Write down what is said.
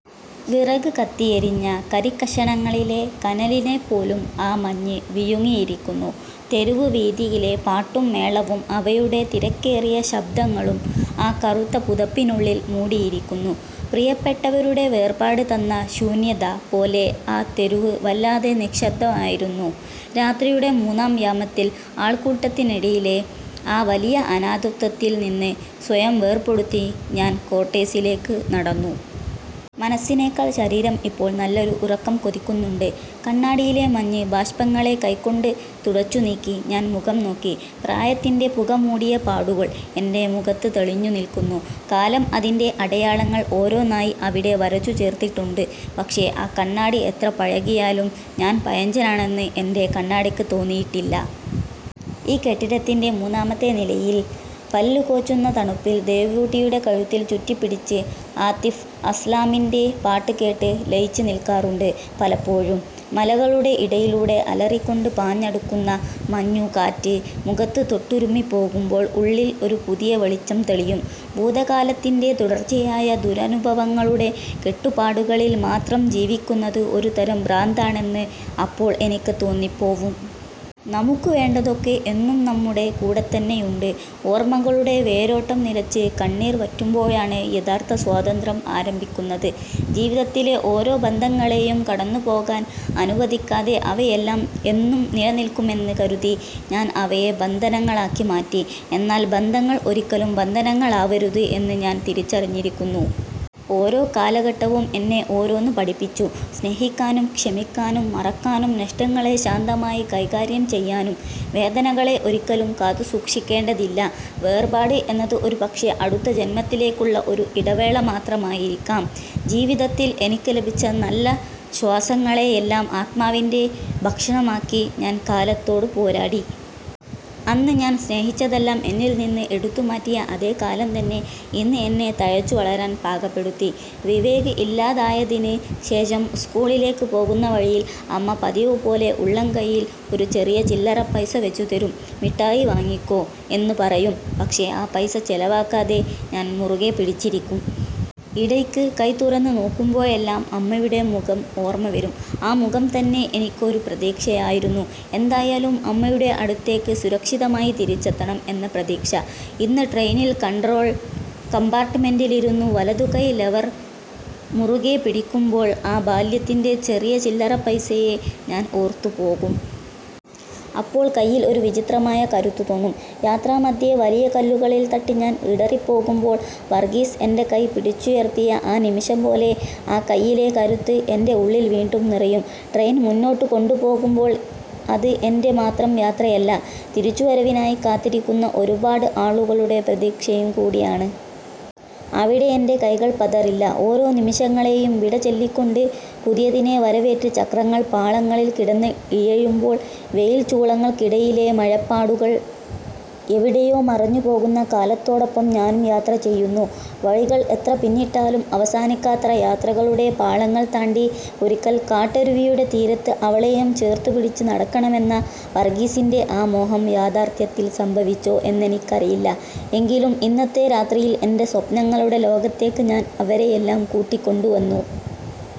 വിറക് കത്തിയെരിഞ്ഞ കരിക്കഷണങ്ങളിലെ കനലിനെപ്പോലും ആ മഞ്ഞ് വിഴുങ്ങിയിരിക്കുന്നു. തെരുവ് വീഥിയിലെ പാട്ടും മേളവും, അവയുടെ തിരക്കേറിയ ശബ്ദങ്ങളും ആ കറുത്ത പുതപ്പിനുള്ളിൽ മൂടിയിരിക്കുന്നു. പ്രിയപ്പെട്ടവരുടെ വേർപാട് തന്ന ശൂന്യത പോലെ ആ തെരുവ് വല്ലാതെ നിശബ്ദമായിരുന്നു. രാത്രിയുടെ മൂന്നാം യാമത്തിൽ, ആൾക്കൂട്ടത്തിനിടയിലെ ആ വലിയ അനാഥത്വത്തിൽ നിന്ന് സ്വയം വേർപെടുത്തി ഞാൻ ക്വാർട്ടേഴ്സിലേക്ക് നടന്നു. മനസ്സിനേക്കാൾ ശരീരം ഇപ്പോൾ നല്ലൊരു ഉറക്കം കൊതിക്കുന്നുണ്ട്. കണ്ണാടിയിലെ മഞ്ഞ് ബാഷ്പങ്ങളെ കൈകൊണ്ട് തുടച്ചുനീക്കി ഞാൻ മുഖം നോക്കി. പ്രായത്തിന്റെ പുക മൂടിയ പാടുകൾ എൻറെ മുഖത്ത് തെളിഞ്ഞു നിൽക്കുന്നു. കാലം അതിൻ്റെ അടയാളങ്ങൾ ഓരോന്നായി അവിടെ വരച്ചു ചേർത്തിട്ടുണ്ട്. പക്ഷേ, ആ കണ്ണാടി എത്ര പഴകിയാലും ഞാൻ പഴഞ്ചനാണെന്ന് എൻറെ കണ്ണാടിക്ക് തോന്നിയിട്ടില്ല. ഈ കെട്ടിടത്തിന്റെ മൂന്നാമത്തെ നിലയിൽ, പല്ല് കോച്ചുന്ന തണുപ്പിൽ ദേവൂട്ടിയുടെ കഴുത്തിൽ ചുറ്റിപ്പിടിച്ച് ആതിഫ് അസ്ലാമിന്റെ പാട്ട് കേട്ട് ലയിച്ച് നിൽക്കാറുണ്ട് പലപ്പോഴും. മലകളുടെ ഇടയിലൂടെ അലറിക്കൊണ്ട് പാഞ്ഞടുക്കുന്ന മഞ്ഞുകാറ്റ് മുഖത്ത് തൊട്ടുരുമ്മി പോകുമ്പോൾ ഉള്ളിൽ ഒരു പുതിയ വെളിച്ചം തെളിയും. ഭൂതകാലത്തിന്റെ തുടർച്ചയായ ദുരനുഭവങ്ങളുടെ കെട്ടുപാടുകളിൽ മാത്രം ജീവിക്കുന്നത് ഒരു തരം ഭ്രാന്താണെന്ന് അപ്പോൾ എനിക്ക് തോന്നിപ്പോവും. നമുക്ക് വേണ്ടതൊക്കെ എന്നും നമ്മുടെ കൂടെത്തന്നെയുണ്ട്. ഓർമ്മകളുടെ വേരോട്ടം നിലച്ച്, കണ്ണീർ വറ്റുമ്പോഴാണ് യഥാർത്ഥ സ്വാതന്ത്ര്യം ആരംഭിക്കുന്നത്. ജീവിതത്തിലെ ഓരോ ബന്ധങ്ങളെയും കടന്നുപോകാൻ അനുവദിക്കാതെ, അവയെല്ലാം എന്നും നിലനിൽക്കുമെന്ന് കരുതി ഞാൻ അവയെ ബന്ധനങ്ങളാക്കി മാറ്റി. എന്നാൽ ബന്ധങ്ങൾ ഒരിക്കലും ബന്ധനങ്ങളാവരുത് എന്ന് ഞാൻ തിരിച്ചറിഞ്ഞിരിക്കുന്നു. ഓരോ കാലഘട്ടവും എന്നെ ഓരോന്ന് പഠിപ്പിച്ചു, സ്നേഹിക്കാനും, ക്ഷമിക്കാനും, മറക്കാനും, നഷ്ടങ്ങളെ ശാന്തമായി കൈകാര്യം ചെയ്യാനും. വേദനകളെ ഒരിക്കലും കാത്തുസൂക്ഷിക്കേണ്ടതില്ല. വേർപാട് എന്നത് ഒരുപക്ഷേ അടുത്ത ജന്മത്തിലേക്കുള്ള ഒരു ഇടവേള മാത്രമായിരിക്കാം. ജീവിതത്തിൽ എനിക്ക് ലഭിച്ച നല്ല ശ്വാസങ്ങളെയെല്ലാം ആത്മാവിന്റെ ഭക്ഷണമാക്കി ഞാൻ കാലത്തോട് പോരാടി. അന്ന് ഞാൻ സ്നേഹിച്ചതെല്ലാം എന്നിൽ നിന്ന് എടുത്തുമാറ്റിയ അതേ കാലം തന്നെ, ഇന്ന് എന്നെ തഴച്ചുവളരാൻ പാകപ്പെടുത്തി. വിവേക് ഇല്ലാതായതിന് ശേഷം സ്കൂളിലേക്ക് പോകുന്ന വഴിയിൽ അമ്മ പതിവുപോലെ ഉള്ളംകൈയിൽ ഒരു ചെറിയ ചില്ലറപൈസ വെച്ചുതരും. "മിഠായി വാങ്ങിക്കോ," എന്ന് പറയും. പക്ഷേ ആ പൈസ ചിലവാക്കാതെ ഞാൻ മുറുകെ പിടിച്ചിരിക്കും. ഇടയ്ക്ക് കൈ തുറന്ന് നോക്കുമ്പോഴെല്ലാം അമ്മയുടെ മുഖം ഓർമ്മ വരും. ആ മുഖം തന്നെ എനിക്ക് ഒരു പ്രതീക്ഷയായിരുന്നു, എന്തായാലും അമ്മയുടെ അടുത്തേക്ക് സുരക്ഷിതമായി തിരിച്ചെത്തണം എന്ന പ്രതീക്ഷ. ഇന്ന് ട്രെയിനിൽ കൺട്രോൾ കമ്പാർട്ട്മെന്റിലിരുന്ന് വലതുകൈ ലെവർ മുറുകെ പിടിക്കുമ്പോൾ, ആ ബാല്യത്തിലെ ചെറിയ ചില്ലറപൈസയെ ഞാൻ ഓർത്തു പോകും. അപ്പോൾ കയ്യിൽ ഒരു വിചിത്രമായ കരുത്ത് തോന്നും. യാത്രാമദ്ധ്യേ വലിയ കല്ലുകളിൽ തട്ടി ഞാൻ ഇടറിപ്പോകുമ്പോൾ വർഗീസ് എന്റെ കൈ പിടിച്ചുയർത്തിയ ആ നിമിഷം പോലെ, ആ കൈയിലെ കരുത്ത് എന്റെ ഉള്ളിൽ വീണ്ടും നിറയും. ട്രെയിൻ മുന്നോട്ട് കൊണ്ടുപോകുമ്പോൾ അത് എന്റെ മാത്രം യാത്രയല്ല, തിരിച്ചുവരവിനായി കാത്തിരിക്കുന്ന ഒരുപാട് ആളുകളുടെ പ്രതീക്ഷയും കൂടിയാണ്. അവിടെ എന്റെ കൈകൾ പതറില്ല. ഓരോ നിമിഷങ്ങളെയും വിട ചൊല്ലിക്കൊണ്ട് പുതിയതിനെ വരവേറ്റ് ചക്രങ്ങൾ പാളങ്ങളിൽ കിടന്ന് ഇഴയുമ്പോൾ, വെയിൽ ചൂളകൾക്കിടയിലെ മഴപ്പാടുകൾ എവിടെയോ മറഞ്ഞു പോകുന്ന കാലത്തോടൊപ്പം ഞാനും യാത്ര ചെയ്യുന്നു; വഴികൾ എത്ര പിന്നിട്ടാലും അവസാനിക്കാത്ത യാത്രകളുടെ പാളങ്ങൾ താണ്ടി... ഒരിക്കൽ കാട്ടരുവിയുടെ തീരത്ത് അവളെയും ചേർത്തുപിടിച്ച് നടക്കണമെന്ന വർഗീസിന്റെ ആ മോഹം യാഥാർത്ഥ്യത്തിൽ സംഭവിച്ചോ എന്നെനിക്കറിയില്ല. എങ്കിലും, ഇന്നത്തെ രാത്രിയിൽ എന്റെ സ്വപ്നങ്ങളുടെ ലോകത്തേക്ക് ഞാൻ അവരെയെല്ലാം കൂട്ടിക്കൊണ്ടുവന്നു.